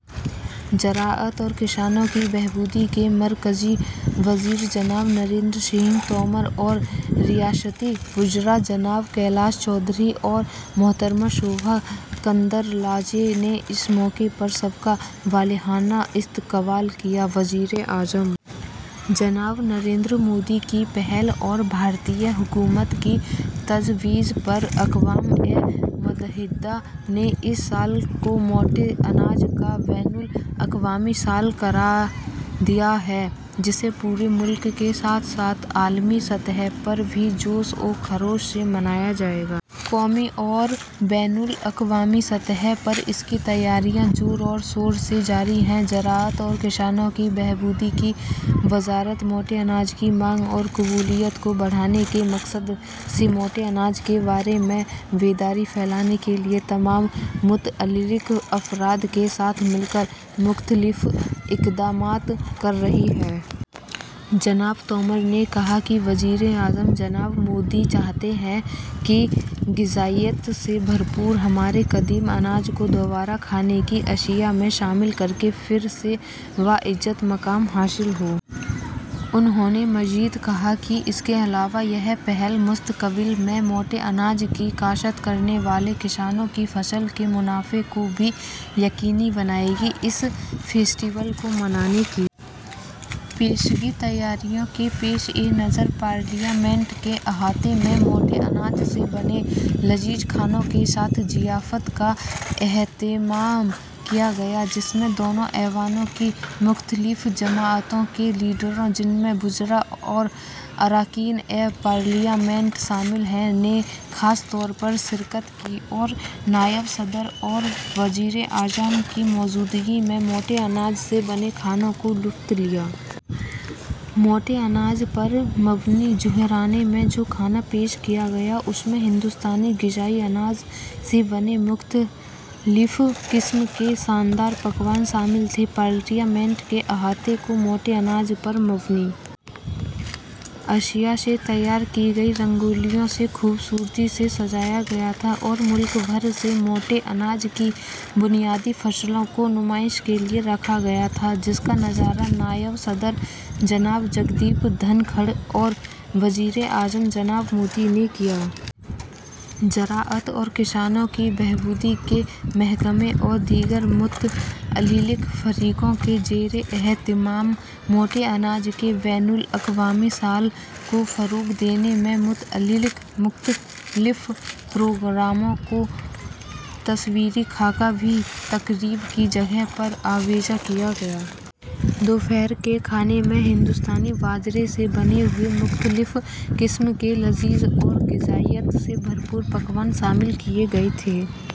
زراعت اور کسانوں کی بہبود کے مرکزی وزیر جناب نریندر سنگھ تومر اور ریاستی وزراء جناب کیلاش چودھری اور محترمہ شوبھا کراندلاجے نے اس موقع پر سب کا والہانہ استقبال کیا۔ وزیر اعظم جناب نریندر مودی کی پہل اور بھارتی حکومت کی تجویز پر اقوام متحدہ نے اس سال کو موٹے اناج کا بین الاقوامی سال قرار دیا ہے، جسے پورے ملک کے ساتھ ساتھ عالمی سطح پر بھی جوش و خروش سے منایا جائے گا۔ قومی اور بین الاقوامی سطح پر اس کی تیاریاں زور و شور سے جاری ہیں۔ زراعت اور کسانوں کی بہبود کی وزارت موٹے اناج کی مانگ اور قبولیت کو بڑھانے کے مقصد سے موٹے اناج کے بارے میں بیداری پھیلانے کے لیے تمام متعلقہ افراد کے ساتھ مل کر مختلف اقدامات کر رہی ہے۔ جناب تومر نے کہا کہ وزیر اعظم جناب مودی چاہتے ہیں کہ غذائیت سے بھرپور ہمارے قدیم اناج کو دوبارہ کھانے کی اشیا میں شامل کر کے پھر سے باعزت مقام حاصل ہو۔ انہوں نے مزید کہا کہ اس کے علاوہ یہ پہل مستقبل میں موٹے اناج کی کاشت کرنے والے کسانوں کی فصل کے منافع کو بھی یقینی بنائے گی۔ اس فیسٹیول کو منانے کی پیشگی تیاریوں کے پیش نظر پارلیمنٹ کے احاطے میں موٹے اناج سے بنے لذیذ کھانوں کے ساتھ ضیافت کا اہتمام کیا گیا، جس میں دونوں ایوانوں کی مختلف جماعتوں کے لیڈروں، جن میں وزراء اور ارکان پارلیمنٹ شامل ہیں، نے خاص طور پر شرکت کی اور نائب صدر اور وزیر اعظم کی موجودگی میں موٹے اناج سے بنے کھانوں کا لطف لیا۔ موٹے اناج پر مبنی ظہرانے میں جو کھانا پیش کیا گیا اس میں ہندوستانی غذائی اناج سے بنے مختلف قسم کے شاندار پکوان شامل تھے۔ پارلیمنٹ کے احاطے کو موٹے اناج پر مبنی اشیاء سے تیار کی گئی رنگولیوں سے خوبصورتی سے سجایا گیا تھا اور ملک بھر سے موٹے اناج کی بنیادی فصلوں کو نمائش کے لیے رکھا گیا تھا، جس کا نظارہ نائب صدر جناب جگدیپ دھنکھڑ اور وزیر اعظم جناب مودی نے کیا۔ زراعت اور کسانوں کی بہبود کے محکمے اور دیگر متعلقہ فریقوں کے زیر اہتمام موٹے اناج کے بین الاقوامی سال کو فروغ دینے سے متعلق مختلف پروگراموں کا تصویری خاکہ بھی تقریب کی جگہ پر آویزاں کیا گیا۔ دوپہر کے کھانے میں ہندوستانی باجرے سے بنے ہوئے مختلف قسم کے لذیذ اور غذائیت سے بھرپور پکوان شامل کیے گئے تھے۔